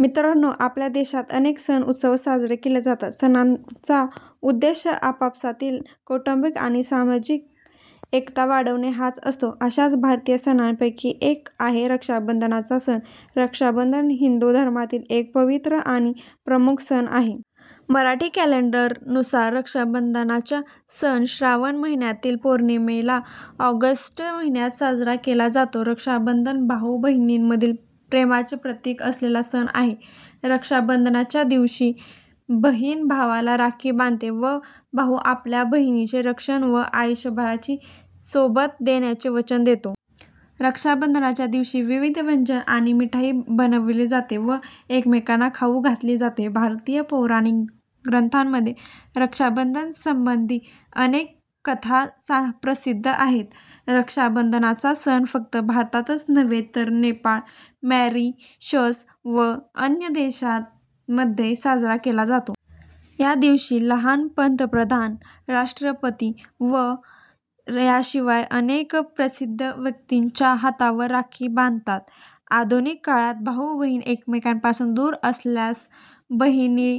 मित्रांनो आपल्या देशात अनेक सण उत्सव साजरे केले जातात. सणांचा उद्देश आपापसातील कौटुंबिक आणि सामाजिक एकता वाढवणे हाच असतो. अश्याच भारतीय सणांपैकी एक आहे रक्षाबंधनाचा सण. रक्षाबंधन हिंदू धर्मातील एक पवित्र आणि प्रमुख सण आहे. मराठी कॅलेंडर नुसार रक्षाबंधनाच्या सण श्रावण महिन्यातील पौर्णिमेला, ऑगस्ट महिन्यात साजरा केला जातो. रक्षाबंधन भाऊ बहिणींमधील प्रेमाचे प्रतिक असलेला सण आहे. रक्षाबंधनाच्या दिवशी बहिण भावाला राखी बांधते. व भाऊ आपल्या बहिणीचे रक्षण व आयुष्यभराची सोबत देण्याचे वचन देतो. रक्षाबंधनाच्या दिवशी विविध व्यंजन आणि मिठाई बनवली जाते व एकामेकांना खाऊ घातली जाते. भारतीय पौराणिक ग्रंथांमध्ये रक्षाबंधन संबंधी अनेक कथा प्रसिद्ध आहेत. रक्षाबंधनाचा सण फक्त भारतातच नव्हे तर नेपाळ, मॉरिशस व अन्य अनेक देशांमध्ये साजरा केला जातो. या दिवशी लहान पंतप्रधान, राष्ट्रपती व याशिवाय अनेक प्रसिद्ध व्यक्तींच्या हातावर राखी बांधतात. आधुनिक काळात भाऊ-बहीण एकमेकांपासून दूर असल्यास बहिणी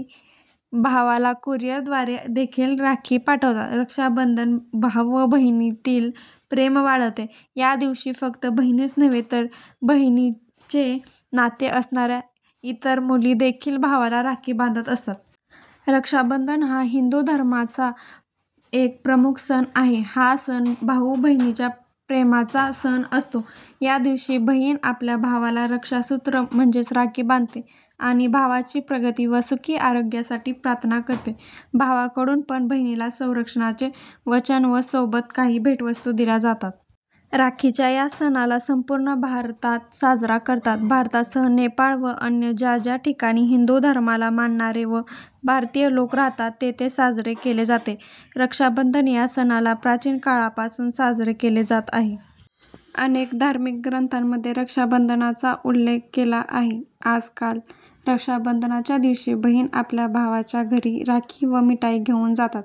भावाला कुरिअरद्वारे देखील राखी पाठवतात. रक्षाबंधन भावाबहिनीतील प्रेम वाढवते. या दिवशी फक्त बहिणीच नव्हे तर बहिणीचे नाते असणाऱ्या इतर मुली देखील भावाला राखी बांधत असतात. रक्षाबंधन हा हिंदू धर्माचा एक प्रमुख सण आहे. हा सण भाऊ बहिणीच्या प्रेमाचा सण असतो. या दिवशी बहीण आपल्या भावाला रक्षासुत्र, म्हणजेच राखी बांधते आणि भावाची प्रगती व सुखी आयुष्यासाठी प्रार्थना करते. भावाकडून पण बहिणीला संरक्षणाचे वचन व सोबत काही भेटवस्तू दिल्या जातात. राखीच्या या सणाला संपूर्ण भारतात साजरा करतात. भारतासह नेपाळ व अन्य ज्या ज्या ठिकाणी हिंदू धर्माला मानणारे व भारतीय लोक राहतात तेथे साजरे केले जाते. रक्षाबंधन या सणाला प्राचीन काळापासून साजरे केले जात आहे. अनेक धार्मिक ग्रंथांमध्ये रक्षाबंधनाचाउल्लेख केला आहे. आजकाल रक्षाबंधनच्या दिवशी बहिणी आपल्या भावाच्या घरी राखी व मिठाई घेऊन जातात.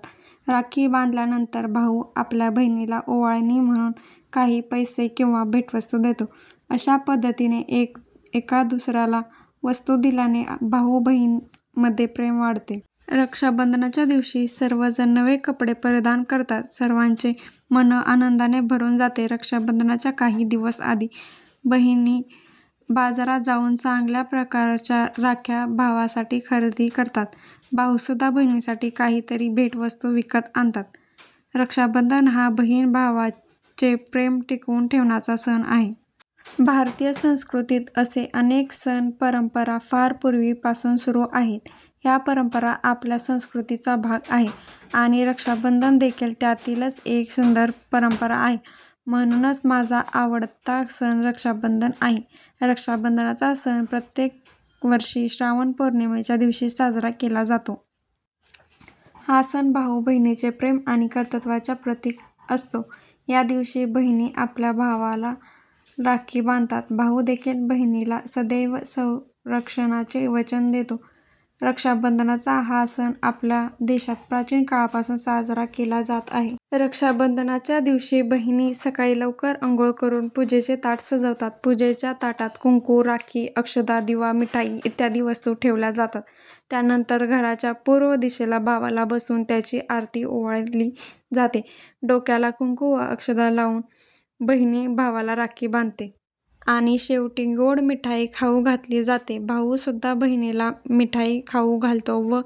राखी बांधल्या नंतर भाऊ आपल्या बहिणीला ओवाळणी म्हणून काही पैसे किंवा भेटवस्तू देतो. अश्या पद्धतीने एक दुसऱ्याला वस्तू दिल्याने भाऊ बहिणी मध्ये प्रेम वाढते. रक्षाबंधनच्या दिवशी सर्वजण नवे कपडे परिधान करतात. सर्वांचे मन आनंदाने भरून जाते. रक्षाबंधनाच्या काही दिवस आधी बहिणी बाजारात जाऊन चांगल्या प्रकारच्या राख्या भावांसाठी खरेदी करतात. भाऊ सुद्धा बहिणीसाठी काहीतरी भेटवस्तू विकत आणतात. रक्षाबंधन हा बहीण भावाचे प्रेम टिकवून ठेवण्याचा सण आहे. भारतीय संस्कृतीत असे अनेक सण परंपरा फार पूर्वी पासून सुरु आहेत. ह्या परंपरा आपल्या संस्कृतीचा भाग आहेत आणि रक्षाबंधन देखील त्यातीलच एक सुंदर परंपरा आहे. म्हणूनच माझा आवडता सण रक्षाबंधन आहे. रक्षाबंधनाचा सण प्रत्येक वर्षी श्रावण पौर्णिमेच्या दिवशी साजरा केला जातो. हा सण भाऊ-बहिणीचे प्रेम आणि कर्तव्याच्या प्रतीक असतो. या दिवशी बहिणी आपल्या भावांना राखी बांधतात. भाऊ देखील बहिणीला सदैव संरक्षणाचे वचन देतो. रक्षाबंधनाचा हा सण आपल्या देशात प्राचीन काळापासून साजरा केला जात आहे. रक्षाबंधनाच्या दिवशी बहिणी सकाळी लवकर अंघोळ करून पूजेचे ताट सजवतात, पूजेच्या ताटात कुंकू, राखी, अक्षदा, दिवा, मिठाई इत्यादी वस्तू ठेवल्या जातात. त्यानंतर घराच्या पूर्व दिशेला भावाला बसवून त्याची आरती ओवाळली जाते, डोक्याला कुंकू व अक्षदा लाऊन बहीण भावाला राखी बांधते. आणि शेवटी गोड मिठाई खाऊ घातली जाते. भाऊ सुद्धा बहिणीला मिठाई खाऊ घालतो व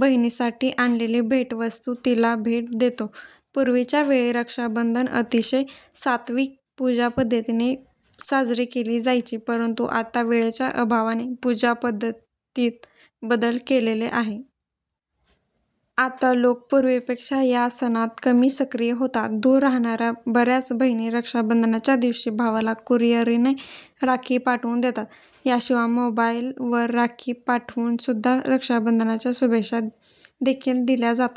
बहिणीसाठी आणलेले भेटवस्तू तिला भेट देतो. पूर्वीच्या वेळी रक्षाबंधन अतिशय सात्विक पूजा पद्धतीने साजरी केली जायची. परंतु आता वेळेच्या अभावाने पूजा पद्धतीत बदल केलेले आहेत. आता लोक पूर्वीपेक्षा या सणात कमी सक्रिय होतात. दूर राहणाऱ्या बऱ्याच बहिणी रक्षाबंधनच्या दिवशी भावाला कुरियरने राखी पाठवून देतात. याशिवाय मोबाईल वर राखी पाठवून सुद्धा रक्षाबंधनच्या शुभेच्छा देखील दिल्या जातात.